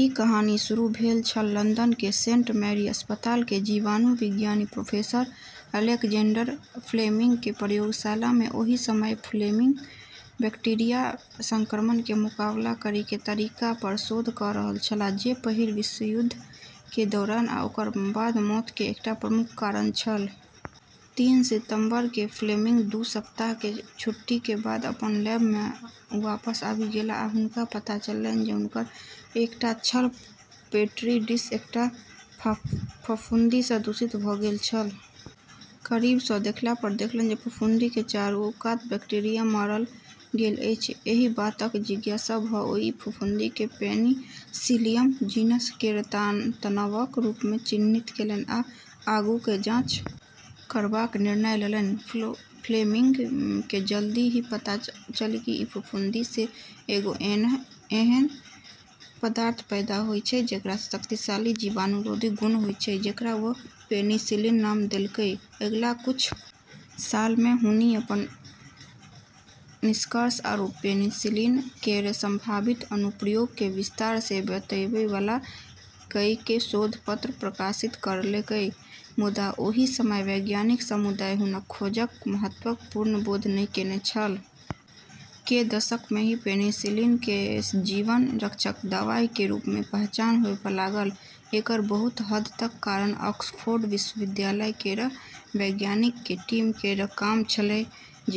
ई कहानी शुरू भेल छल लंदन के सेंट मैरी अस्पताल के जीवाणुविज्ञानी प्रोफेसर अलेक्जेंडर फ्लेमिंग के प्रयोगशाला में, ओहि समय फ्लेमिंग बैक्टीरिया संक्रमण के मुकाबला करय के तरीका पर शोध क रहल छलाह जे पहिल विश्वयुद्ध के दौरान आ ओकर बाद मौत के एकटा प्रमुख कारण छल। तीन सितंबर के फ्लेमिंग दू सप्ताह के छुट्टी के बाद अपन लैब में वापस आबि गेलाह आ हुनका पता चललनि जे हुनकर एकटा छल पेट्री डिश एकटा फफूंदी स दूषित भ गेल छल, करीब स देखला पर देखलनि जे फफूंदी के चारू कात बैक्टीरिया मारल गेल अछि, एहि बातक जिज्ञासा भ ओ एहि फफूंदी केँ पेनिसिलियम जीनस केर तनावक रूप मे चिन्हित केलनि आ आगूक जांच करबाक निर्णय लेलनि, फ्लेमिंग के जल्दी ही पता चललै कि ई फफूंदी से एगो ऐन्हऽ पदार्थ पैदा होय छै जेकरा मे शक्तिशाली जीवाणुरोधी गुण होय छै जेकरा वू पेनिसिलिन नाम देलकै, अगिला कुछ सालऽ मे हुनी अपनऽ निष्कर्ष आरू पेनिसिलिन केरऽ संभावित अनुप्रयोग के विस्तार से बतैबै वाला कईएक शोध पत्र प्रकाशित करलकै मुदा ओहि समय वैज्ञानिक समुदाय हुनक खोजक महत्वक पूर्ण बोध नहि केने छल, के दशक में ही पेनिसिलिन के जीवन रक्षक दवाई के रूप में पहचान होबय लागल, एकरऽ बहुत हद तक कारण ऑक्सफोर्ड विश्वविद्यालय केरऽ वैज्ञानिकऽ के टीम केरऽ काम छेलै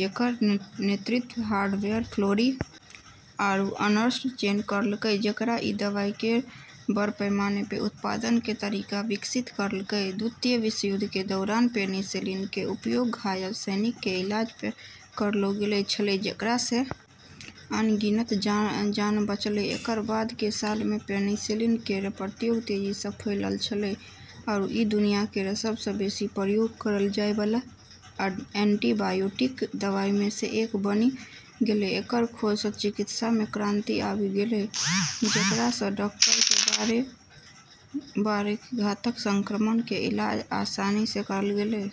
जेकरऽ नेतृत्व हावर्ड फ्लोरी आरू अर्नस्ट चेन करलकै जेकरा ई दवाई केरऽ बड़ पैमाने पे उत्पादन के तरीका विकसित करलकै, द्वितीय विश्वयुद्ध के दौरान पेनिसिलिन के उपयोग घायल सैनिक के इलाज में करलौ गेलौ छेलै जेकरा से अनगिनत जान बचलै, एकरऽ बाद के सालऽ मे पेनिसिलिन केरऽ प्रयोग तेजी से फैललऽ छेलै आरू ई दुनिया केरऽ सबसे बेसी प्रयोग करलऽ जाय वाला एंटीबायोटिक दवाई मे से एक बनी गेलै, एकरऽ खोज से चिकित्सा मे क्रांति आबी गेलै जेकरा से डॉक्टर के एक बार के घातक संक्रमण के इलाज आसानी से करलऽ गेलै।